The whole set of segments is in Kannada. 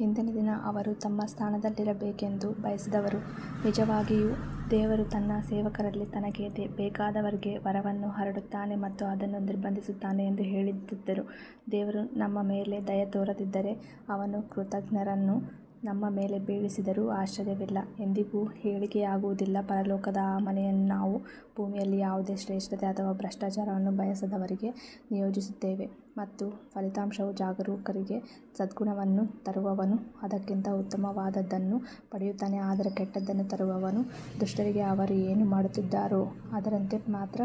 ಹಿಂದಿನ ದಿನ ಅವರು ತಮ್ಮ ಸ್ಥಾನದಲ್ಲಿರಬೇಕೆಂದು ಬಯಸಿದವರು ನಿಜವಾಗಿಯೂ ದೇವರು ತನ್ನ ಸೇವಕರಲ್ಲಿ ತನಗೆ ಬೇಕಾದವರಿಗೆ ವರವನ್ನು ಹರಡುತ್ತಾನೆ ಮತ್ತು ಅದನ್ನು ನಿರ್ಬಂಧಿಸುತ್ತಾನೆ ಎಂದು ಹೇಳುತ್ತಿದ್ದರು, ದೇವರು ನಮ್ಮ ಮೇಲೆ ದಯೆ ತೋರದಿದ್ದರೆ ಅವನು ಕೃತಘ್ನರನ್ನು ನಮ್ಮ ಮೇಲೆ ಬೀಳಿಸಿದರೂ ಆಶ್ಚರ್ಯವಿಲ್ಲ. ಎಂದಿಗೂ ಏಳಿಗೆಯಾಗುವುದಿಲ್ಲ ಪರಲೋಕದ ಆ ಮನೆಯನ್ನು ನಾವು ಭೂಮಿಯಲ್ಲಿ ಯಾವುದೇ ಶ್ರೇಷ್ಠತೆ ಅಥವಾ ಭ್ರಷ್ಟಾಚಾರವನ್ನು ಬಯಸದವರಿಗೆ ನಿಯೋಜಿಸುತ್ತೇವೆ ಮತ್ತು ಫಲಿತಾಂಶವು ಜಾಗರೂಕರಿಗೆ ಸದ್ಗುಣವನ್ನು ತರುವವನು ಅದಕ್ಕಿಂತ ಉತ್ತಮವಾದದ್ದನ್ನು ಪಡೆಯುತ್ತಾನೆ ಆದರೆ ಕೆಟ್ಟದ್ದನ್ನು ತರುವವನು ದುಷ್ಟರಿಗೆ ಅವರು ಏನು ಮಾಡುತ್ತಿದ್ದಾರೋ ಅದರಂತೆ ಮಾತ್ರ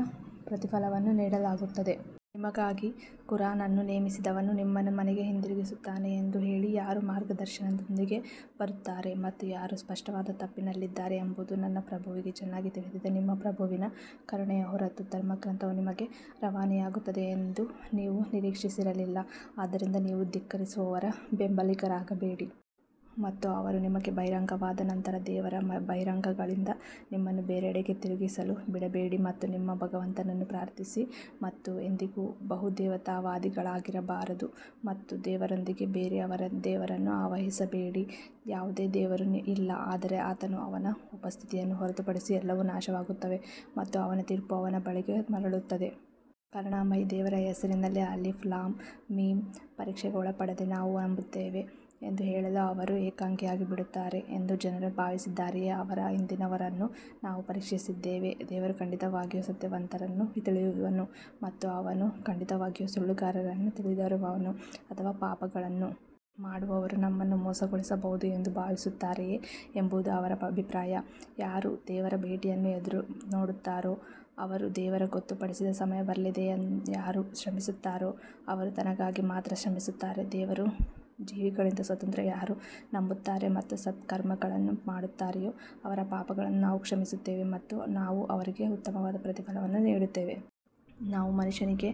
ಪ್ರತಿಫಲವನ್ನು ನೀಡಲಾಗುತ್ತದೆ. ನಿಮಗಾಗಿ ಖುರಾನ್ ಅನ್ನು ನೇಮಿಸಿದವನು ನಿಮ್ಮನ್ನು ಮನೆಗೆ ಹಿಂದಿರುಗಿಸುತ್ತಾನೆ ಎಂದು ಹೇಳಿ, ಯಾರು ಮಾರ್ಗದರ್ಶನದೊಂದಿಗೆ ಬರುತ್ತಾರೆ ಮತ್ತು ಯಾರು ಸ್ಪಷ್ಟವಾದ ತಪ್ಪಿನಲ್ಲಿದ್ದಾರೆ ಎಂಬುದು ನನ್ನ ಪ್ರಭುವಿಗೆ ಚೆನ್ನಾಗಿ ತಿಳಿದಿದೆ. ನಿಮ್ಮ ಪ್ರಭುವಿನ ಕರುಣೆಯ ಹೊರತು ಧರ್ಮಗ್ರಂಥವು ನಿಮಗೆ ರವಾನೆಯಾಗುತ್ತದೆ ಎಂದು ನೀವು ನಿರೀಕ್ಷಿಸಿರಲಿಲ್ಲ ಆದ್ದರಿಂದ ನೀವು ಧಿಕ್ಕರಿಸುವವರ ಬೆಂಬಲಿಗರಾಗಬೇಡಿ. ಮತ್ತು ಅವರು ನಿಮಗೆ ಬಹಿರಂಗವಾದ ನಂತರ ದೇವರ ಬಹಿರಂಗಗಳಿಂದ ನಿಮ್ಮನ್ನು ಬೇರೆಡೆಗೆ ತಿರುಗಿಸಲು ಬಿಡಬೇಡಿ ಮತ್ತು ನಿಮ್ಮ ಭಗವಂತನನ್ನು ಪ್ರಾರ್ಥಿಸಿ ಮತ್ತು ಎಂದಿಗೂ ಬಹುದೇವತಾವಾದಿಗಳಾಗಿರಬಾರದು. ಮತ್ತು ದೇವರೊಂದಿಗೆ ಬೇರೆ ದೇವರನ್ನು ಆವಾಹಿಸಬೇಡಿ, ಯಾವುದೇ ದೇವರು ಇಲ್ಲ ಆದರೆ ಆತನು ಅವನ ಉಪಸ್ಥಿತಿಯನ್ನು ಹೊರತುಪಡಿಸಿ ಎಲ್ಲವೂ ನಾಶವಾಗುತ್ತವೆ ಮತ್ತು ಅವನ ತೀರ್ಪು ಅವನ ಬಳಿಗೆ ಮರಳುತ್ತದೆ. ಕರುಣಾಮಯಿ ದೇವರ ಹೆಸರಿನಲ್ಲಿ ಅಲಿಫ್ ಲಾಮ್ ಮೀಮ್ ಪರೀಕ್ಷೆಗೆ ಒಳಪಡದೆ ನಾವು ನಂಬುತ್ತೇವೆ ಎಂದು ಹೇಳಲು ಅವರು ಏಕಾಂಗಿಯಾಗಿ ಬಿಡುತ್ತಾರೆ ಎಂದು ಜನರು ಭಾವಿಸಿದ್ದಾರೆಯೇ ಅವರ ಹಿಂದಿನವರನ್ನು ನಾವು ಪರೀಕ್ಷಿಸಿದ್ದೇವೆ, ದೇವರು ಖಂಡಿತವಾಗಿಯೂ ಸತ್ಯವಂತರನ್ನು ತಿಳಿಯುವನು ಮತ್ತು ಅವನು ಖಂಡಿತವಾಗಿಯೂ ಸುಳ್ಳುಗಾರರನ್ನು ತಿಳಿದಿರುವನು ಅಥವಾ ಪಾಪಗಳನ್ನು ಮಾಡುವವರು ನಮ್ಮನ್ನು ಮೋಸಗೊಳಿಸಬಹುದು ಎಂದು ಭಾವಿಸುತ್ತಾರೆಯೇ ಎಂಬುದು ಅವರ ಅಭಿಪ್ರಾಯ ಯಾರು ದೇವರ ಭೇಟಿಯನ್ನು ಎದುರುನೋಡುತ್ತಾರೋ ಅವರು ದೇವರ ಗೊತ್ತುಪಡಿಸಿದ ಸಮಯ ಬರಲಿದೆ ಯಾರು ಶ್ರಮಿಸುತ್ತಾರೋ ಅವರು ತನಗಾಗಿ ಮಾತ್ರ ಶ್ರಮಿಸುತ್ತಾರೆ ದೇವರು ಜೀವಿಗಳಿಂದ ಸ್ವತಂತ್ರ ಯಾರು ನಂಬುತ್ತಾರೆ ಮತ್ತು ಸತ್ಕರ್ಮಗಳನ್ನು ಮಾಡುತ್ತಾರೆಯೋ ಅವರ ಪಾಪಗಳನ್ನು ನಾವು ಕ್ಷಮಿಸುತ್ತೇವೆ ಮತ್ತು ನಾವು ಅವರಿಗೆ ಉತ್ತಮವಾದ ಪ್ರತಿಫಲವನ್ನು ನೀಡುತ್ತೇವೆ. ನಾವು ಮನುಷ್ಯನಿಗೆ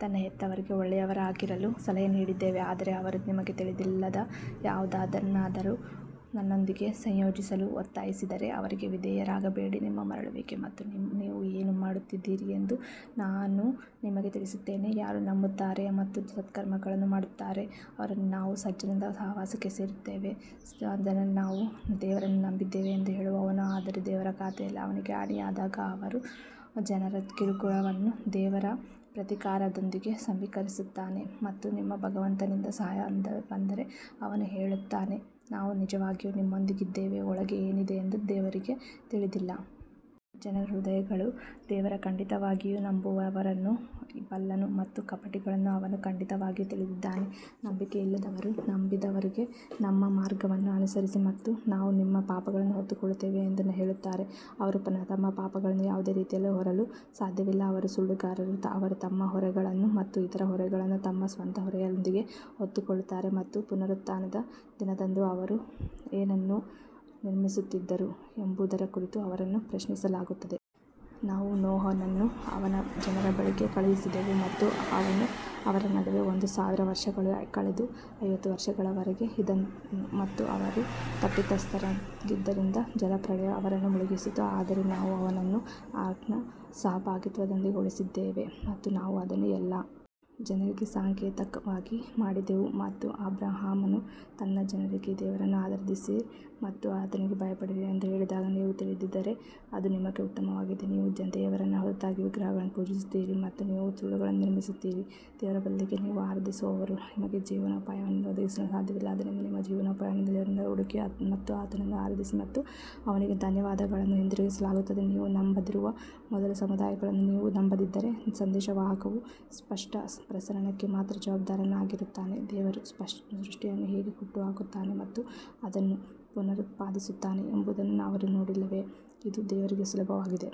ತನ್ನ ಹೆತ್ತವರಿಗೆ ಒಳ್ಳೆಯವರಾಗಿರಲು ಸಲಹೆ ನೀಡಿದ್ದೇವೆ ಆದರೆ ಅವರು ನಿಮಗೆ ತಿಳಿದಿಲ್ಲದ ಯಾವುದನ್ನಾದರೂ ನನ್ನೊಂದಿಗೆ ಸಂಯೋಜಿಸಲು ಒತ್ತಾಯಿಸಿದರೆ ಅವರಿಗೆ ವಿಧೇಯರಾಗಬೇಡಿ ನಿಮ್ಮ ಮರಳುವಿಕೆ ಮತ್ತು ನೀವು ಏನು ಮಾಡುತ್ತಿದ್ದೀರಿ ಎಂದು ನಾನು ನಿಮಗೆ ತಿಳಿಸುತ್ತೇನೆ. ಯಾರು ನಂಬುತ್ತಾರೆ ಮತ್ತು ಸತ್ಕರ್ಮಗಳನ್ನು ಮಾಡುತ್ತಾರೆ ಅವರನ್ನು ನಾವು ಸಜ್ಜನರ ಸಹವಾಸಕ್ಕೆ ಸೇರಿಸುತ್ತೇವೆ ಜನರಲ್ಲಿ ನಾವು ದೇವರನ್ನು ನಂಬಿದ್ದೇವೆ ಎಂದು ಹೇಳುವವನು, ಆದರೆ ದೇವರ ಖಾತೆಯಲ್ಲಿ ಅವನಿಗೆ ಹಾನಿಯಾದಾಗ ಅವನು ಜನರ ಕಿರುಕುಳವನ್ನು ದೇವರ ಪ್ರತೀಕಾರದೊಂದಿಗೆ ಸಮೀಕರಿಸುತ್ತಾನೆ ಮತ್ತು ನಿಮ್ಮ ಭಗವಂತನಿಂದ ಸಹಾಯ ಬಂದರೆ ಅವನು ಹೇಳುತ್ತಾನೆ ನಾವು ನಿಜವಾಗಿಯೂ ನಿಮ್ಮೊಂದಿಗಿದ್ದೆವು ಒಳಗೆ ಏನಿದೆ ಎಂದು ದೇವರಿಗೆ ತಿಳಿದಿಲ್ಲ. ಜನರ ಹೃದಯಗಳು ದೇವರು ಖಂಡಿತವಾಗಿಯೂ ನಂಬುವವರನ್ನು ಬಲ್ಲನು ಮತ್ತು ಕಪಟಿಗಳನ್ನು ಅವನು ಖಂಡಿತವಾಗಿಯೂ ತಿಳಿದಿದ್ದಾನೆ ನಂಬಿಕೆಯಿಲ್ಲದವರು ನಂಬಿದವರಿಗೆ ನಮ್ಮ ಮಾರ್ಗವನ್ನು ಅನುಸರಿಸಿ ಮತ್ತು ನಾವು ನಿಮ್ಮ ಪಾಪಗಳನ್ನು ಹೊತ್ತುಕೊಳ್ಳುತ್ತೇವೆ ಎಂದು ಹೇಳುತ್ತಾರೆ ಅವರು ತಮ್ಮ ಪಾಪಗಳನ್ನು ಯಾವುದೇ ರೀತಿಯಲ್ಲಿ ಹೊರಲು ಸಾಧ್ಯವಿಲ್ಲ ಅವರು ಸುಳ್ಳುಗಾರರು ಅವರು ತಮ್ಮ ಹೊರೆಗಳನ್ನು ಮತ್ತು ಇತರ ಹೊರೆಗಳನ್ನು ತಮ್ಮ ಸ್ವಂತ ಹೊರೆಯೊಂದಿಗೆ ಹೊತ್ತುಕೊಳ್ಳುತ್ತಾರೆ ಮತ್ತು ಪುನರುತ್ಥಾನದ ದಿನದಂದು ಅವರು ಏನನ್ನು ನಿರ್ಮಿಸುತ್ತಿದ್ದರು ಎಂಬುದರ ಕುರಿತು ಅವರನ್ನು ಪ್ರಶ್ನಿಸಲಾಗುತ್ತದೆ. ನಾವು ನೋಹನನ್ನು ಅವನ ಜನರ ಬಳಿಗೆ ಕಳುಹಿಸಿದೆವು ಮತ್ತು ಅವನು ಅವರ ನಡುವೆ ಒಂದು ಸಾವಿರ ವರ್ಷಗಳು ಕಳೆದು ಐವತ್ತು ವರ್ಷಗಳವರೆಗೆ ಇದ್ದನು ಮತ್ತು ಅವರು ತಪ್ಪಿತಸ್ಥರಾಗಿದ್ದರಿಂದ ಜಲಪ್ರಳಯ ಅವರನ್ನು ಮುಳುಗಿಸಿತು. ಆದರೆ ನಾವು ಅವನನ್ನು ಆರ್ಕ್ನ ಸಹಭಾಗಿತ್ವದೊಂದಿಗೆ ಉಳಿಸಿದ್ದೇವೆ ಮತ್ತು ನಾವು ಅದನ್ನು ಎಲ್ಲಾ ಜನರಿಗೆ ಸಂಕೇತವಾಗಿ ಮಾಡಿದೆವು ಮತ್ತು ಅಬ್ರಹಾಮನು ತನ್ನ ಜನರಿಗೆ ದೇವರನ್ನು ಆರಾಧಿಸಿರಿ ಮತ್ತು ಆತನಿಗೆ ಭಯಪಡಿರಿ ಎಂದು ಹೇಳಿದಾಗ ನೀವು ತಿಳಿದಿದ್ದರೆ ಅದು ನಿಮಗೆ ಉತ್ತಮವಾಗಿದೆ ನೀವು ದೇವರ ಹೊರತಾಗಿ ವಿಗ್ರಹಗಳನ್ನು ಪೂಜಿಸುತ್ತೀರಿ ಮತ್ತು ನೀವು ಸುಳ್ಳುಗಳನ್ನು ನಿರ್ಮಿಸುತ್ತೀರಿ ದೇವರ ಬದಲಿಗೆ ನೀವು ಆರಾಧಿಸುವವರು ನಿಮಗೆ ಜೀವನೋಪಾಯವನ್ನು ಒದಗಿಸಲು ಸಾಧ್ಯವಿಲ್ಲ ಆದ್ದರಿಂದ ನಿಮ್ಮ ಜೀವನೋಪಾಯವನ್ನು ದೇವರಿಂದ ಹುಡುಕಿ ಮತ್ತು ಆತನನ್ನು ಆರಾಧಿಸಿ ಮತ್ತು ಅವನಿಗೆ ಧನ್ಯವಾದಗಳನ್ನು ಹಿಂತಿರುಗಿಸಲಾಗುತ್ತದೆ ನೀವು ನಂಬದಿರುವ ಮೊದಲು ಸಮುದಾಯಗಳನ್ನು ನೀವು ನಂಬದಿದ್ದರೆ, ಸಂದೇಶವಾಹಕವು ಸ್ಪಷ್ಟ ಪ್ರಸರಣಕ್ಕೆ ಮಾತ್ರ ಜವಾಬ್ದಾರನಾಗಿರುತ್ತಾನೆ ದೇವರು ಸೃಷ್ಟಿಯನ್ನು ಹೇಗೆ ಹುಟ್ಟುಹಾಕುತ್ತಾನೆ ಮತ್ತು ಅದನ್ನು ಪುನರುತ್ಪಾದಿಸುತ್ತಾನೆ ಎಂಬುದನ್ನು ಅವರು ನೋಡಿಲ್ಲವೇ ಇದು ದೇವರಿಗೆ ಸುಲಭವಾಗಿದೆ.